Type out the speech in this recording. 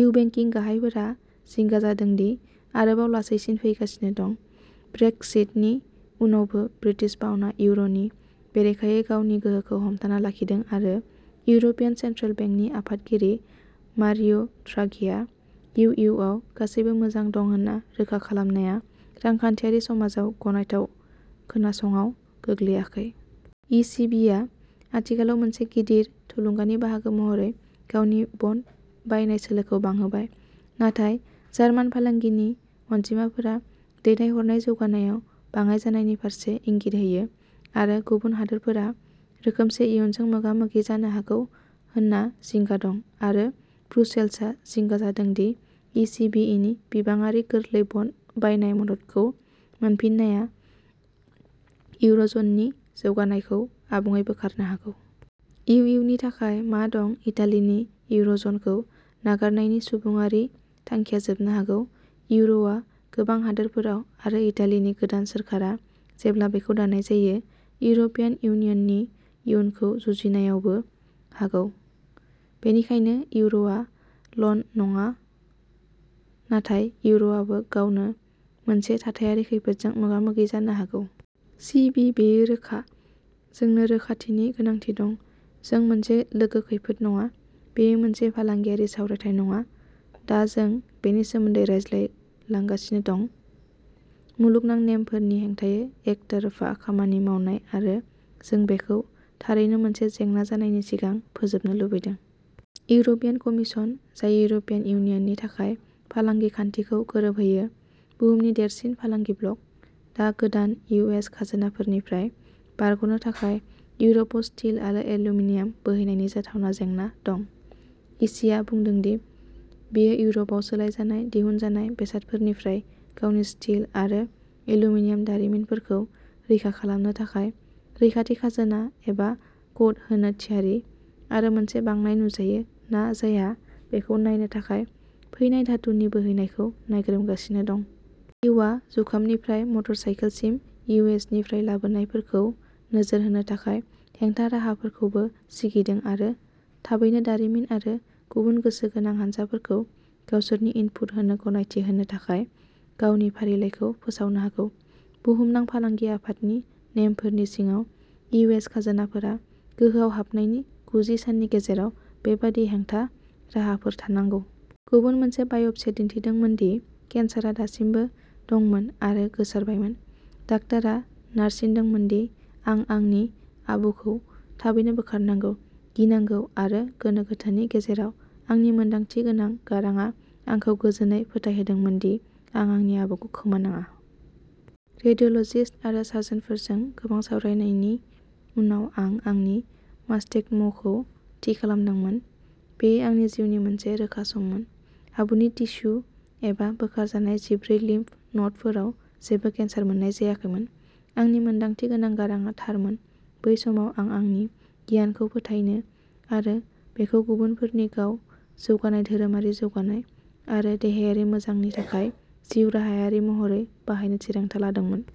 U बेंकिं गाहायफोरा जिंगा जादों दि आरोबाव लासैसिन फैगासिनो दं। ब्रेक्सिटनि उनावबो ब्रिटिश पाउन्दआ इउर'नि बेरेखायै गावनि गोहोखौ हमथाना लाखिदों आरो इउर'पियान सेन्ट्रेल बेंकनि आफादगिरि मारिय'द्राघिआ इउ इउ आव गासैबो मोजां दं होन्ना रोखा खालामनाया रांखान्थियारि समाजाव गनायथाव खोनासङाव गोग्लैयाखै। इ सि बि आ आथिखालाव मोनसे गिदिर थुलुंगानि बाहागो महरै गावनि बन्ड बायनाय सोलोखौ बांहोबाय। नाथाय जार्मान फालांगिनि अनजिमाफोरा दैथायहरनाय जौगानायाव बाङाइ जानायनि फारसे इंगित होयो आरो गुबुन हादोरफोरा रोखोमसे इयुनजों मोगा मोगि जानो हागौ होनना जिंगा दं आरो ब्रुसेल्सआ जिंगा जादों दि इ सि बि नि बिबांआरि गोरलै बन्ड बायनाय मददखौ मोनफिननाया इउरज'ननि जौगानायखौ आबुङै बोखारनो हागौ। इउ इउ नि थाखाय मा दं इटालिनि इउरज'नखौ नागारनायनि सुबुंआरि थांखिया जोबनो हागौ। इउर'आ गोबां हादोरफोराव आरो इटालिनि गोदान सोरखारा जेब्ला बेखौ दानाय जायो इउर'पियान इउनियननि इयुनखौ जुजिनायावबो हागौ। बेनिखायनो इउर'आ ल'नङा नाथाय इउर'आबो गावनो मोनसे थाथायारि खैफोदजों मोगा मोगि जानो हागौ। सि बि बेयो रोखा। जोंनो रोखाथिनि गोनांथि दं। जों मोनसे लोगो खैफोद नङा। बेयो मोनसे फालांगियारि सावरायथाय नङा। दा जों बेनि सोमोन्दै रायज्लांगासिनो दं। मुलुगनां नेमफोरनि हेंथायै एकतरफा खामानि मावनाय आरो जों बेखौ थारैनो मोनसे जेंना जानायनि सिगां फोजोबनो लुबैदों। इउर'पियान कमिसन जाय इउर'पियान इउनियननि थाखाय फालांगि खान्थिखौ गोरोबहोयो बुहुमनि देरसिन फालांगि ब्लक। दा गोदान इउएस खाजोनाफोरनिफ्राय बारगनो थाखाय इउर'पआव स्टिल आरो एल्युमिनियाम बोहैनायनि जाथावना जेंना दं। इसिआ बुंदों दि बियो इउर'पआव सोलायजानाय दिहुनजानाय बेसादफोरनिफ्राय गावनि स्टिल आरो एल्युमिनियाम दारिमिनफोरखौ रैखा खालामनो थाखाय रैखाथि खाजोना एबा कोटा होनो थियारि आरो मोनसे बांनाय नुजायो ना जाया बेखौ नायनो थाखाय फैनाय धातुनि बोहैनायखौ नायग्रोमगासिनो दं। इउआ जुखामनिफ्राय मटरसाइकेलसिम इउएसनिफ्राय लाबोनायफोरखौ नोजोर होनो थाखाय हेंथा-राहाफोरखौबो सिगिदों आरो थाबैनो दारिमिन आरो गुबुन गोसो गोनां हानजाफोरखौ गावसोरनि इनपुट होनो गनायथि होनो थाखाय गावनि फारिलाइखौ फोसावनो हागौ। बुहुमनां फालांगि आफादनि नेमफोरनि सिङाव इउएस खाजोनाफोरा गोहोआव हाबनायनि गुजि साननि गेजेराव बेबादि हेंथा राहाफोर थानांगौ। गुबुन मोनसे बाय'प्सीआ दिन्थिदोंमोन दि केन्सारआ दासिमबो दंमोन आरो गोसारबायमोन। डाक्टरा नारसिनदोंमोन दि आं आंनि आबुखौ थाबैनो बोखारनांगौ। गिनांगौ आरो गोनो गोथोनि गेजेराव आंनि मोनदांथि गोनां गारांआ आंखौ गोजोनै फोथायहोदोंमोन दि आं आंनि आबुखौ खोमानाङा। रेडिय'ल'जिस्ट आरो सार्जनफोरजों गोबां सावरायनायनि उनाव आं आंनि मास्टेक्ट'मीखौ थि खालामदोंमोन। बेयो आंनि जिउनि मोनसे रोखा सममोन। आबुनि टिस्यु एबा बोखारजानाय जिब्रै लिम्फ न'डफोराव जेबो केन्सार मोन्नाय जायाखैमोन। आंनि मोनदांथि गोनां गारांआ थारमोन बै समाव आं आंनि गियान खौ फोथायनो आरो बेखौ गुबुनफोरनि गाव जौगानाय धोरोमारि जौगानाय आरो देहायारि मोजांनि थाखाय जिउराहायारि महरै बाहायनो थिरांथा लादोंमोन।